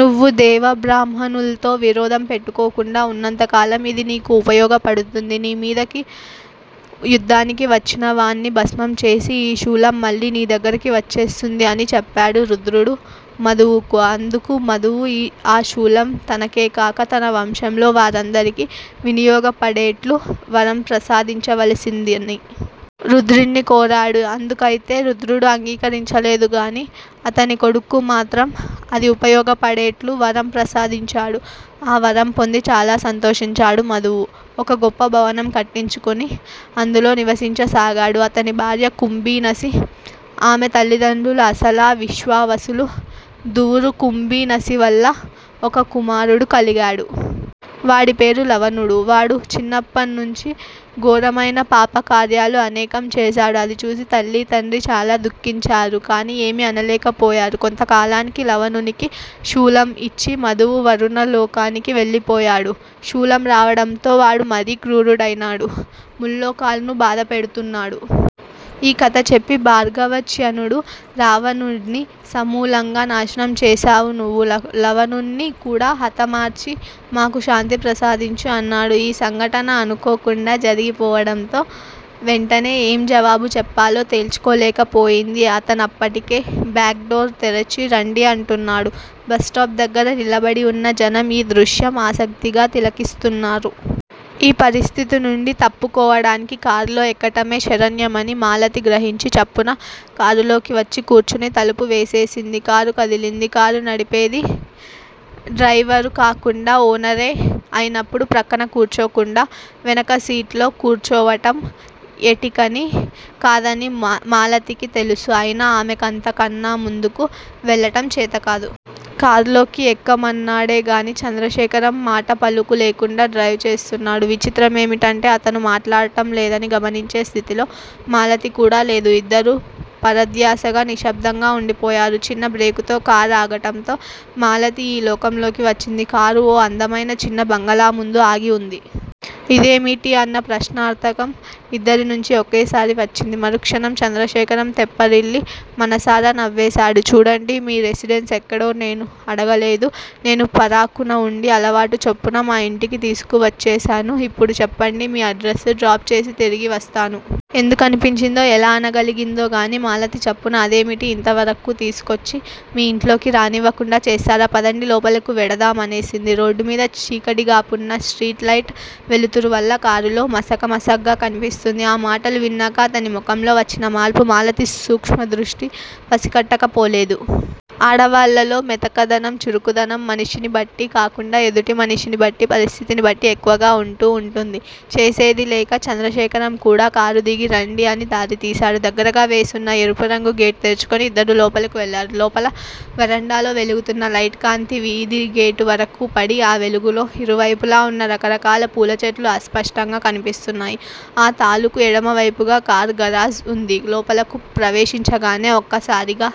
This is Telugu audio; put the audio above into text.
నువ్వు దేవబ్రాహ్మణుల్తో విరోధం పెట్టుకోకుండా వున్నంత కాలం ఇది నీకు ఉపయోగపడుతుంది. నీమీదికి యుద్దానికి వచ్చినవాణ్ని భస్మం చేసి ఈ శూలం మళ్ళీ నీదగ్గరికి వచ్చేస్తుంది. అని చెప్పాడు రుద్రుడు మధువుకు. అందుకు మధువు ఆ శూలం తనకేకాక తన వంశంలో వారందరికీ వినియోగపడేట్లు వరం ప్రసాధించవలసిందని. రుద్రుణ్ని కోరాడు. అందుకైతే రుద్రుడు అంగీకరించలేదుగాని అతని కొడుక్కు మాత్రం అది ఉపయోగపడేట్లు వరం ప్రసాదించాడు. ఆ వరం పొంది చాలా సంతోషించాడు మధువు. ఒక గొప్ప భవనం కట్టించుకొని అందులో నివసించసాగాడు. అతని భార్య కుంభీనసి. ఆమె తల్లిదండ్రులు అసలా, విశ్వావసులు. దువురు కుంభీనసివల్ల ఒక కుమారుడు కలిగాడు. వాడి పేరు లవణుడు. వాడు చిన్నప్పణ్ణుంచీ ఘోరమైన పాపకార్యాలు అనేకం చేశాడు. అది చూసి తల్లీ, తండ్రీ చాల దుఃఖించారు. కాని ఏమీ అనలేక పోయారు. కొంతకాలానికి లవణునికి శూలం ఇచ్చి మధువు వరుణలోకానికి వెళ్ళిపోయాడు. శూలం రావడంతో వాడు మరీ కృరూడైనాడు. ముల్లోకాల్నూ బాధ పెడుతున్నాడు. ఈ కథ చెప్పి భార్గవచ్యనుడు రావణుడ్ని సమూలంగా నాశనం చేశావు నువ్వు. లవణుణ్ని కూడా హతమార్చి మాకు శాంతి ప్రసాదించు అన్నాడు. ఈ సంఘటన అనుకోకుండా జరిగిపోవడంతో వెంటనే ఏం జవాబు చెప్పాలో తేల్చుకోలేకపోయింది. అతనప్పటికే బ్యాక్ డోర్ తెరచి రండి అంటున్నాడు. బస్ స్టాప్ దగ్గర నిలబడివున్న జనం ఈ దృశ్యం ఆసక్తిగా తిలకిస్తున్నారు. ఈ పరిస్థితినుండి తప్పుకోవడానికి కారులో ఎక్కటమే శరణ్యమని మాలతి గ్రహించి చప్పున కారులోకి వచ్చి కూర్చుని తలుపు వేసేసింది. కారు కదిలింది. కారు నడిపేది డ్రైవరు కాకుండా ఓనరే అయినప్పుడు ప్రక్కన కూర్చోకుండా వెనక సీట్లో కూర్చోవటం ఎటికనీ కాదని మాలతికి తెలుసు. అయినా ఆమెకంత కన్నా ముందుకు వెళ్ళటం చేతకాదు. కారులోకి ఎక్కమన్నాడే గానీ చంద్రశేఖరం మాటాపలుకు లేకుండా డ్రైవ్ చేస్తున్నాడు. విచిత్రమేమిటంటే అతను మాట్లాడటం లేదని గమనించే స్థితిలో మాలతికూడా లేదు. ఇద్దరూ పరధ్యాసగా నిశ్శబ్దంగా వుండిపోయారు. చిన్న బ్రేకుతో కారాగటంతో మాలతి ఈ లోకంలోకి వచ్చింది. కారు ఓ అందమైన చిన్న బంగళాముందు ఆగి వుంది. ఇదేమిటి? అన్న ప్రశ్నార్ధకం ఇద్దరినుంచి ఒకేసారి వచ్చింది. మరుక్షణం చంద్రశేఖరం తెప్పరిల్లి మనసారా నవ్వేశాడు. చూడండి, మీ రెసిడెన్స్ ఎక్కడో నేనూ అడగలేదు. నేను పరాకున వుండి అలవాటు చొప్పున మా ఇంటికి తీసుకువచ్చేశాను. ఇప్పుడు చెప్పండి మీ అడ్రసు, డ్రాప్ చేసి తిరిగి వస్తాను. ఎందుకనిపించిందో, ఎలా అనగలిగిందోగానీ మాలతి చప్పున అదేమిటి? ఇంతవరకూ తీసుకొచ్చి మీ ఇంట్లోకి రానివ్వకుండా చేస్తారా? పదండి లోపలకు వెడదాం అనేసింది. రోడ్డుమీద చీకటిగాకున్నా స్ట్రీట్ లైట్ వెలుతురువల్ల కారులో మసకమసగ్గా కనిపిస్తుంది. ఆ మాటలు విన్నాక అతని ముఖంలో వచ్చిన మార్పు మాలతి సూక్ష్మదృష్టి పసికట్టకపోలేదు. ఆడవాళ్ళలో మెతకదనం, చురుకుదనం మనిషినిబట్టి కాకుండా ఎదుటి మనిషినిబట్టి, పరిస్థితిని బట్టి ఎక్కువగా వుంటూ వుంటుంది. చేసేదిలేక చంద్రశేఖరం కూడా కారుదిగి రండి అని దారి తీశాడు. దగ్గరగా వేసున్న ఎరుపురంగు గేటు తెరుచుకుని ఇద్దరూ లోపలకు వెళ్ళారు. లోపల వరండాలో వెలుగుతున్న లైటు కాంతి వీధిగేటువరకూ పడి, ఆ వెలుగులో ఇరువైపులా వున్న రకరకాల పూలచెట్లు అస్పష్టంగా కనిపిస్తున్నాయి. ఆ తాలుకు ఎడమవైపుగా కారు గరాజ్ వుంది. లోపలకు ప్రవేశించగానే ఒక్కసారిగా